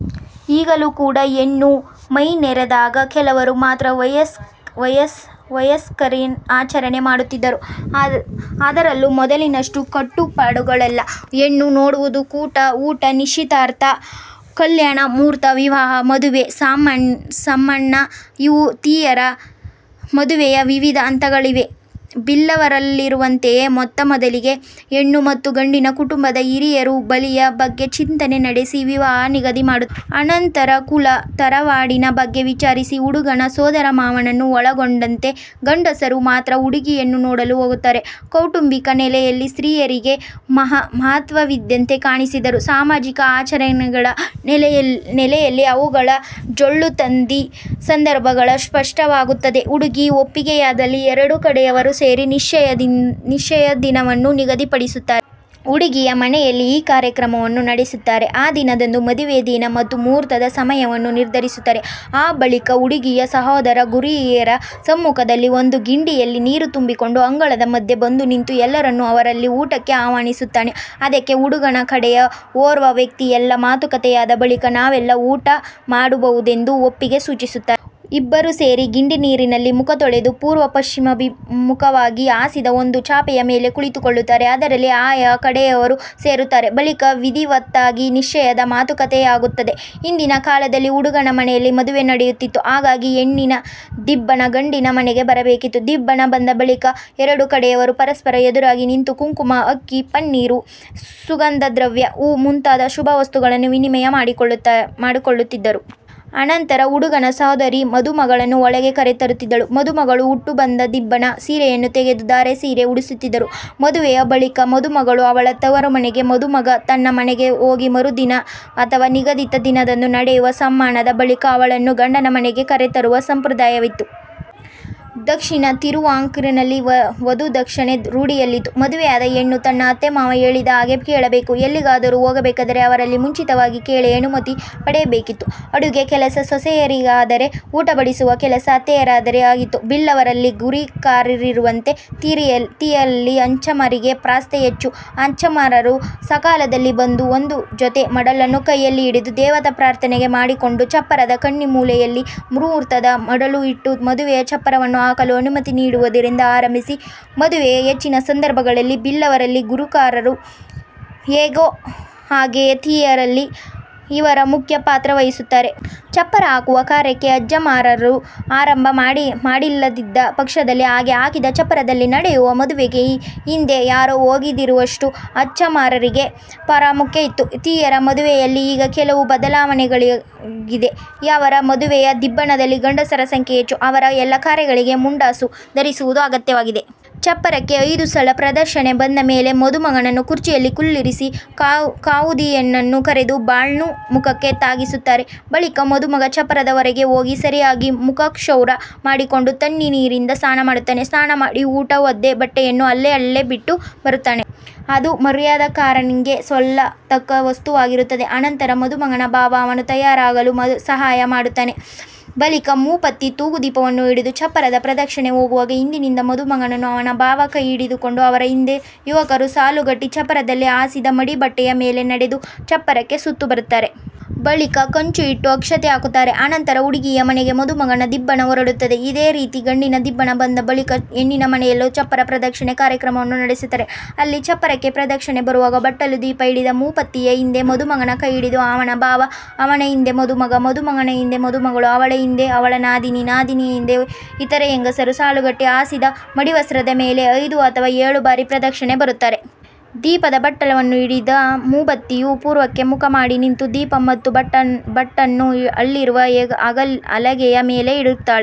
ಈಗಲೂ ಕೂಡ ಹೆಣ್ಣು ಮೈನೆರೆದಾಗ ಕೆಲವರು ಮಾತ್ರ ವಯಸರಿಕ್ಕ ನ್ ಆಚರಣೆ ಮಾಡುತ್ತಿದ್ದಾರೆ ಮತ್ತು ಅದರಲ್ಲೂ ಮೊದಲಿನಷ್ಟು ಕಟ್ಟುಪಾಡುಗಳಿಲ್ಲ. ಹೆಣ್ಣು ನೋಡುವುದು, ಕೂಟ ಊಟ, ನಿಶ್ಚಿತಾರ್ಥ, ಕಲ್ಯಾಣ ಮುಹೂರ್ತ, ವಿವಾಹ, ಮದುವೆ ಸಮ್ಮಾನ ಇವು ತೀಯರ ಮದುವೆಯ ವಿವಿಧ ಹಂತಗಳಾಗಿವೆ. ಬಿಲ್ಲವರಲ್ಲಿರುವಂತೆಯೇ ಮೊತ್ತಮೊದಲಾಗಿ ಹೆಣ್ಣು ಮತ್ತು ಗಂಡಿನ ಕುಟುಂಬದ ಹಿರಿಯರು ಬಳಿಯ ಬಗ್ಗೆ ಚಿಂತನೆ ನಡೆಸಿ, ವಿವಾಹ ನಿಗದಿಮಾಡುತ್ತಾರೆ. ಅನಂತರ ಕುಲ, ತರವಾಡಿನ ಬಗ್ಗೆ ವಿಚಾರಿಸಿ, ಹುಡುಗನ ಸೋದರಮಾವನನ್ನು ಒಳಗೊಂಡಂತೆ ಗಂಡಸರು ಮಾತ್ರ ಹುಡುಗಿಯನ್ನು ನೋಡಲು ಹೋಗುತ್ತಾರೆ. ಕೌಟುಂಬಿಕ ನೆಲೆಯಲ್ಲಿ ಸ್ತ್ರೀಯರಿಗೆ ಮಹತ್ವವಿದ್ದಂತೆ ಕಾಣಿಸಿದರೂ ಸಾಮಾಜಿಕ ಆಚರಣೆಗಳ ನೆಲೆಯಲ್ಲಿ ಅವುಗಳ ಜೊಳ್ಳುತದ್ದೀ ಸಂದರ್ಭದಲ್ಲಿ ಸ್ಪಷ್ಟವಾಗುತ್ತದೆ. ಹುಡುಗಿ ಒಪ್ಪಿಗೆಯಾದಲ್ಲಿ ಎರಡು ಕಡೆಯವರೂ ಸೇರಿ ನಿಶ್ಚಯದ ದಿನವನ್ನು ನಿಗದಿಪಡಿಸುತ್ತಾರೆ. ಹುಡುಗಿಯ ಮನೆಯಲ್ಲಿ ಈ ಕಾರ್ಯಕ್ರಮವನ್ನು ನಡೆಸುತ್ತಾರೆ. ಆ ದಿನದಂದು ಮದುವೆಯ ದಿನ ಮತ್ತು ಮುಹೂರ್ತದ ಸಮಯವನ್ನು ನಿರ್ಧರಿಸುತ್ತಾರೆ. ಆ ಬಳಿಕ ಹುಡುಗಿಯ ಸಹೋದರ ಗುರುಹಿರಿಯರ ಸಮ್ಮುಖದಲ್ಲಿ ಒಂದು ಗಿಂಡಿಯಲ್ಲಿ ನೀರು ತುಂಬಿಕೊಂಡು, ಅಂಗಳದ ಮಧ್ಯೆ ಬಂದು ನಿಂತು ಎಲ್ಲರನ್ನೂ ಅವರಲ್ಲಿ ಊಟಕ್ಕೆ ಆಹ್ವಾನಿಸುತ್ತಾನೆ. ಅದಕ್ಕೆ ಹುಡುಗನ ಕಡೆಯ ಓರ್ವ ವ್ಯಕ್ತಿ ಎಲ್ಲ ಮಾತುಕತೆಯಾದ ಬಳಿಕ ನಾವೆಲ್ಲ ಊಟ ಮಾಡಬಹುದೆಂದು ಒಪ್ಪಿಗೆ ಸೂಚಿಸುತ್ತಾರೆ. ಇಬ್ಬರೂ ಸೇರಿ ಗಿಂಡಿ ನೀರಿನಲ್ಲಿ ಮುಖ ತೊಳೆದು ಪೂರ್ವ-ಪಶ್ಚಿಮಾಭಿಮುಖವಾಗಿ ಹಾಸಿದ ಒಂದು ಚಾಪೆಯ ಮೇಲೆ ಕುಳಿತುಕೊಳ್ಳುತ್ತಾರೆ. ಅದರಲ್ಲಿ ಆಯಾಯ ಕಡೆಯವರು ಸೇರುತ್ತಾರೆ. ಬಳಿಕ ವಿಧಿವತ್ತಾಗಿ ನಿಶ್ಚಯದ ಮಾತುಕತೆಯಾಗುತ್ತದೆ. ಹಿಂದಿನ ಕಾಲದಲ್ಲಿ ಹುಡುಗನ ಮನೆಯಲ್ಲಿ ಮದುವೆ ನಡೆಯುತ್ತಿತ್ತು. ಹಾಗಾಗಿ ಹೆಣ್ಣಿನ ದಿಬ್ಬಣ ಗಂಡಿನ ಮನೆಗೆ ಬರಬೇಕಿತ್ತು. ದಿಬ್ಬಣ ಬಂದ ಬಳಿಕ ಎರಡೂ ಕಡೆಯವರು ಪರಸ್ಪರ ಎದುರಾಗಿ ನಿಂತು ಕುಂಕುಮ, ಅಕ್ಕಿ, ಪನ್ನೀರು, ಸುಗಂಧದ್ರವ್ಯ, ಹೂವು ಮುಂತಾದ ಶುಭವಸ್ತುಗಳನ್ನು ವಿನಿಮಯ ಮಾಡಿಕೊಳ್ಳುತ್ತಿದ್ದರು. ಅನಂತರ ಹುಡುಗನ ಸೋದರಿ ಮದುಮಗಳನ್ನು ಒಳಗೆ ಕರೆತರುತ್ತಿದ್ದಳು. ಮದುಮಗಳು ಉಟ್ಟುಬಂದ ದಿಬ್ಬಣ ಸೀರೆಯನ್ನು ತೆಗೆದು ಧಾರೆ ಸೀರೆ ಉಡಿಸುತ್ತಿದ್ದರು. ಮದುವೆಯ ಬಳಿಕ ಮದುಮಗಳು ಅವಳ ತವರುಮನೆಗೆ ಮದುಮಗ ತನ್ನ ಮನೆಗೆ ಹೋಗಿ ಮರುದಿನ ಅಥವಾ ನಿಗದಿತ ದಿನದಂದು ನಡೆಯುವ ಸಮ್ಮಾನದ ಬಳಿಕ ಅವಳನ್ನು ಗಂಡನ ಮನೆಗೆ ಕರೆತರುವ ಸಂಪ್ರದಾಯವಿತ್ತು. ದಕ್ಷಿಣ ತಿರುವಾಂಕೂರಿನಲ್ಲಿ ವಧುದಕ್ಷಿಣೆ ರೂಢಿಯಲ್ಲಿತ್ತು. ಮದುವೆಯಾದ ಹೆಣ್ಣು ತನ್ನ ಅತ್ತೆ-ಮಾವ ಹೇಳಿದ ಹಾಗೆ ಕೇಳಬೇಕು. ಎಲ್ಲಿಗಾದರೂ ಹೋಗಬೇಕಾದರೆ ಅವರಲ್ಲಿ ಮುಂಚಿತವಾಗಿ ಕೇಳಿ ಅನುಮತಿ ಪಡೆಯಬೇಕಿತ್ತು. ಅಡುಗೆ ಕೆಲಸ ಸೊಸೆಯರಿಗಾದರೆ ಊಟ ಬಡಿಸುವ ಕೆಲಸ ಅತ್ತಯರದೇ ಆಗಿತ್ತು. ಬಿಲ್ಲವರಲ್ಲಿ ಗುರಿಕಾರರಿರುವಂತೆ, ತೀಯರಲ್ಲಿ ಅಚ್ಚಮ್ಮಾರಿಗೆ ಪ್ರಾಸ್ತ್ಯ ಹೆಚ್ಚು. ಅಚ್ಚಮ್ಮಾರರು ಸಕಾಲದಲ್ಲಿ ಬಂದು, ಒಂದು ಜೊತೆ ಮಡಲನ್ನು ಕೈಯಲ್ಲಿ ಹಿಡಿದು ದೇವತಾ ಪ್ರಾರ್ಥನೆ ಮಾಡಿಕೊಂಡು ಚಪ್ಪರದ ಕನ್ನಿಮೂಲೆ ಯಲ್ಲಿ ಮಹೂರ್ತದ ಮಡಲು ಇಟ್ಟು ಮದುವೆಯ ಚಪ್ಪರವನ್ನು ಹಾಕಲು ಅನುಮತಿ ನೀಡುವುದರಿಂದ ಆರಂಭಿಸಿ, ಮದುವೆಯ ಹೆಚ್ಚಿನ ಸಂದರ್ಭಗಳಲ್ಲಿ ಬಿಲ್ಲವರಲ್ಲಿ ಗುರಿಕಾರರು ಹೇಗೋ ಹಾಗೇ ತೀಯರಲ್ಲಿ ಇವರು ಮುಖ್ಯ ಪಾತ್ರವಹಿಸುತ್ತಾರೆ. ಚಪ್ಪರ ಹಾಕುವ ಕಾರ್ಯಕ್ಕೆ ಅಚ್ಚಮ್ಮಾರರು ಆರಂಭ ಮಾಡಿಲ್ಲದಿದ್ದ ಪಕ್ಷದಲ್ಲಿ ಹಾಗೆ ಹಾಕಿದ ಚಪ್ಪರದಲ್ಲಿ ನಡೆಯುವ ಮದುವೆಗೆ ಹಿಂದೆ ಯಾರೂ ಹೋಗದಿರುವಷ್ಟು ಅಚ್ಚಮ್ಮಾರರಿಗೆ ಪ್ರಾಮುಖ್ಯ ಇತ್ತು. ತೀಯರ ಮದುವೆಯಲ್ಲಿ ಈಗ ಕೆಲವು ಬದಲಾವಣೆಗಳಾಗಿದೆ. ಅವರ ಮದುವೆಯ ದಿಬ್ಬಣದಲ್ಲಿ ಗಂಡಸರ ಸಂಖ್ಯೆ ಹೆಚ್ಚು. ಅವರು ಎಲ್ಲ ಕಾರ್ಯಗಳಿಗೂ ಮುಂಡಾಸು ಧರಿಸುವುದು ಅಗತ್ಯವಾಗಿದೆ. ಚಪ್ಪರಕ್ಕೆ ಐದು ಸಲ ಪ್ರದಕ್ಷಿಣೆ ಬಂದ ಮೇಲೆ ಮದುಮಗನನ್ನು ಕುರ್ಚಿಯಲ್ಲಿ ಕುಳ್ಳಿರಿಸಿ ಕಾವುದೀಯನ್ನನ್ನು ಕರೆದು ಬಾಳ್ನ್ನು ಮುಖಕ್ಕೆ ತಾಗಿಸುತ್ತಾರೆ. ಬಳಿಕ ಮದುಮಗ ಚಪ್ಪರದ ಹೊರಗೆ ಹೋಗಿ ಸರಿಯಾಗಿ ಮುಖಕ್ಷೌರ ಮಾಡಿಕೊಂಡು ತಣ್ಣೀರಿನಿಂದ ಸ್ನಾನ ಮಾಡುತ್ತಾನೆ. ಸ್ನಾನ ಮಾಡಿ ಉಟ್ಟ ಒದ್ದೆ ಬಟ್ಟೆಯನ್ನು ಅಲ್ಲೇ ಬಿಟ್ಟು ಬರುತ್ತಾನೆ. ಅದು ಮರ್ಯಾದಕ್ಕಾರನ್ಗೆ ಸಲ್ಲ ತಕ್ಕ ವಸ್ತುವಾಗಿರುತ್ತದೆ. ಅನಂತರ ಮದುಮಗನ ಭಾವ ಅವನು ತಯಾರಾಗಲು ಸಹಾಯ ಮಾಡುತ್ತಾನೆ. ಬಳಿಕ ಮೂಪತ್ತಿ ತೂಗುದೀಪವನ್ನು ಹಿಡಿದು ಚಪ್ಪರ ಪ್ರದಕ್ಷಿಣೆ ಹೋಗುವಾಗ ಹಿಂದಿನಿಂದ ಮದುಮಗನನ್ನು ಅವನ ಭಾವ ಕೈಹಿಡಿದುಕೊಂಡು, ಅವರ ಹಿಂದೆ ಯುವಕರು ಸಾಲುಗಟ್ಟಿ ಚಪ್ಪರದಲ್ಲಿ ಹಾಸಿದ ಮಡಿ ಬಟ್ಟೆಯ ಮೇಲೆ ನಡೆದು ಚಪ್ಪರಕ್ಕೆ ಸುತ್ತು ಬರುತ್ತಾರೆ. ಬಳಿಕ ಕಂಚು ಇಟ್ಟು ಅಕ್ಷತೆ ಹಾಕುತ್ತಾರೆ. ಅನಂತರ ಹುಡುಗಿಯ ಮನೆಗೆ ಮದುಮಗನ ದಿಬ್ಬಣ ಹೊರಡುತ್ತದೆ. ಇದೇ ರೀತಿ ಗಂಡಿನ ದಿಬ್ಬಣ ಬಂದ-ಬಳಿಕ ಹೆಣ್ಣಿನ ಮನೆಯಲ್ಲೂ ಚಪ್ಪರ ಪ್ರದಕ್ಷಿಣೆ ಕಾರ್ಯಕ್ರಮವನ್ನು ನಡೆಸುತ್ತಾರೆ. ಅಲ್ಲಿ ಚಪ್ಪರಕ್ಕೆ ಪ್ರದಕ್ಷಿಣೆ ಬರುವಾಗ ಬಟ್ಟಲು ದೀಪ ಹಿಡಿದ ಮೂಪತ್ತಿಯ ಹಿಂದೆ ಮದುಮಗನ ಕೈ ಹಿಡಿದ ಅವನ ಭಾವ, ಅವನ ಹಿಂದೆ ಮದುಮಗ, ಮದುಮಗನ ಹಿಂದೆ ಮದುಮಗಳು, ಅವಳ ಹಿಂದೆ ಅವಳ ನಾದಿನಿ, ನಾದಿನಿಯ ಹಿಂದೆ ಇತರ ಹೆಂಗಸರು ಸಾಲುಗಟ್ಟಿ ಹಾಸಿದ ಮಡಿವಸ್ತ್ರದ ಮೇಲೆ ಐದು ಅಥವಾ ಏಳು ಬಾರಿ ಪ್ರದಕ್ಷಿಣೆ ಬರುತ್ತಾರೆ. ದೀಪದ ಬಟ್ಟಲನ್ನು ಹಿಡಿದ ಮೂಪತ್ತಿಯು ಪೂರ್ವಕ್ಕೆ ಮುಖ ಮಾಡಿ ನಿಂತು, ದೀಪ ಮತ್ತು ಬಟ್ಟನ್ನು ಅಲ್ಲಿರುವ ಹಲಗೆಯ ಮೇಲೆ ಇರುತ್ತಾಳೆ.